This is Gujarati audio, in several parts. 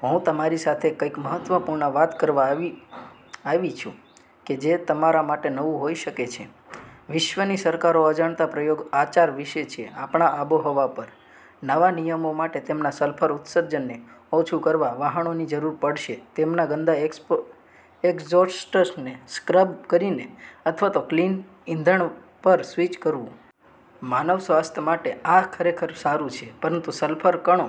હું તમારી સાથે કંઈક મહત્વપૂર્ણ વાત કરવા આવી આવી છું, કે જે તમારા માટે નવું હોઈ શકે છે. વિશ્વની સરકારો અજાણતાં પ્રયોગ આચાર વિશે છે આપણા આબોહવા પર. નવા નિયમો માટે તેમના સલ્ફર ઉત્સર્જનને ઓછું કરવા વહાણોની જરૂર પડશે તેમના ગંદા એક્સ્પો એક્ઝોસ્ટને સ્ક્રબ કરીને અથવા ક્લિન ઇંધણ પર સ્વિચ કરવું. માનવ સ્વાસ્થ્ય માટે આ ખરેખર સારું છે પરંતુ સલ્ફર કણો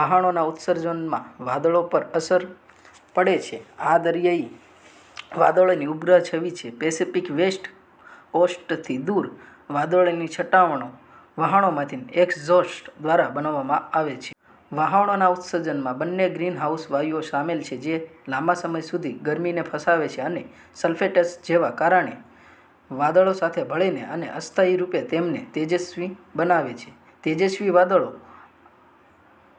વહાણોના ઉત્સર્જનમાં વાદળો પર અસર પડે છે. આ દરિયાઇ વાદળોની ઉપગ્રહ છબી છે પેસિફિક વેસ્ટ કોસ્ટથી દૂર. વાદળોની છટાઓ વહાણોમાંથી એક્ઝોસ્ટ દ્વારા બનાવવામાં આવે છે. વહાણોના ઉત્સર્જનમાં બંને ગ્રીનહાઉસ વાયુઓ શામેલ છે જે લાંબા સમય સુધી ગરમીને ફસાવે છે અને સલ્ફેટ્સ જેવા કારણે વાદળો સાથે ભળી અને અસ્થાયી રૂપે તેમને તેજસ્વી બનાવો. તેજસ્વી વાદળો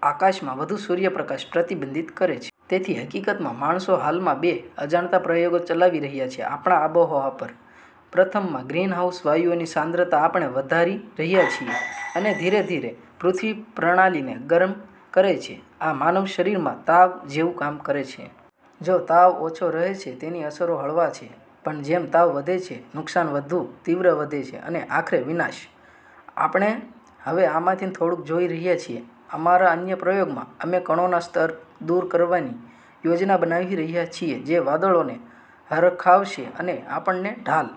આકાશમાં વધુ સૂર્યપ્રકાશ પ્રતિબિંબિત કરે છે. તેથી, હકીકતમાં, માણસો હાલમાં બે અજાણતાં પ્રયોગો ચલાવી રહ્યા છે આપણા આબોહવા પર. પ્રથમમાં, ગ્રીનહાઉસ વાયુઓની સાંદ્રતા આપણે વધારી રહ્યા છીએ અને ધીરે ધીરે પૃથ્વી પ્રણાલીને ગરમ કરે છે. આ માનવ શરીરમાં તાવ જેવું કામ કરે છે. જો તાવ ઓછો રહે છે, તેની અસરો હળવા છે. પણ જેમ તાવ વધે છે, નુકસાન વધુ તીવ્ર વધે છે અને આખરે વિનાશક. આપણે હવે આમાંથી થોડુંક જોઈ રહ્યા છીએ. અમારા અન્ય પ્રયોગમાં અમે કણોના સ્તર દૂર કરવાની યોજના બનાવી રહ્યા છીએ જે વાદળોને હરખાવશે અને આપણને ઢ। લ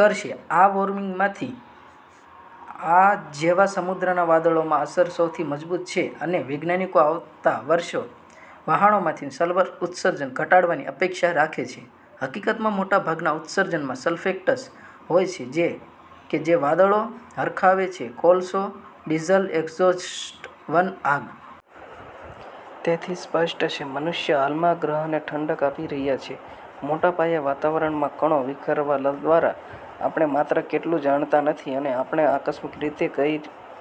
કરશે આ વોર્મિંગમાંથી. આ જેવા સમુદ્રના વાદળોમાં અસર સૌથી મજબૂત છે અને વૈજ્ઞાનિકો આવતા વર્ષે વહાણોમાંથી સલ્ફર ઉત્સર્જન ઘટાડાની અપેક્ષા રાખે છે. હકીકતમાં, મોટાભાગના ઉત્સર્જનમાં સલ્ફેટ્સ હોય છે કે જે વાદળો હરખાવે છે કોલસો, ડીઝલ એક્ઝોસ્ટ, વન આગ. તેથી સ્પષ્ટ છે, મનુષ્ય હાલમાં ગ્રહને ઠંડક આપી રહ્યા છે મોટા પાયે વાતાવરણમાં કણો વિખેરવા દ્વારા. આપણે માત્ર કેટલું જાણતા નથી અને આપણે આકસ્મિક રીતે કઇ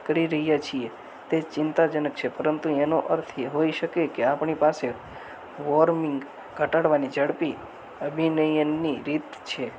કરી રહ્યા છીએ. તે ચિંતાજનક છે પરંતુ તેનો અર્થ એ હોઈ શકે કે આપણી પાસે વોર્મિંગ ઘટાડવાની ઝડપી અભિનયની રીત છે.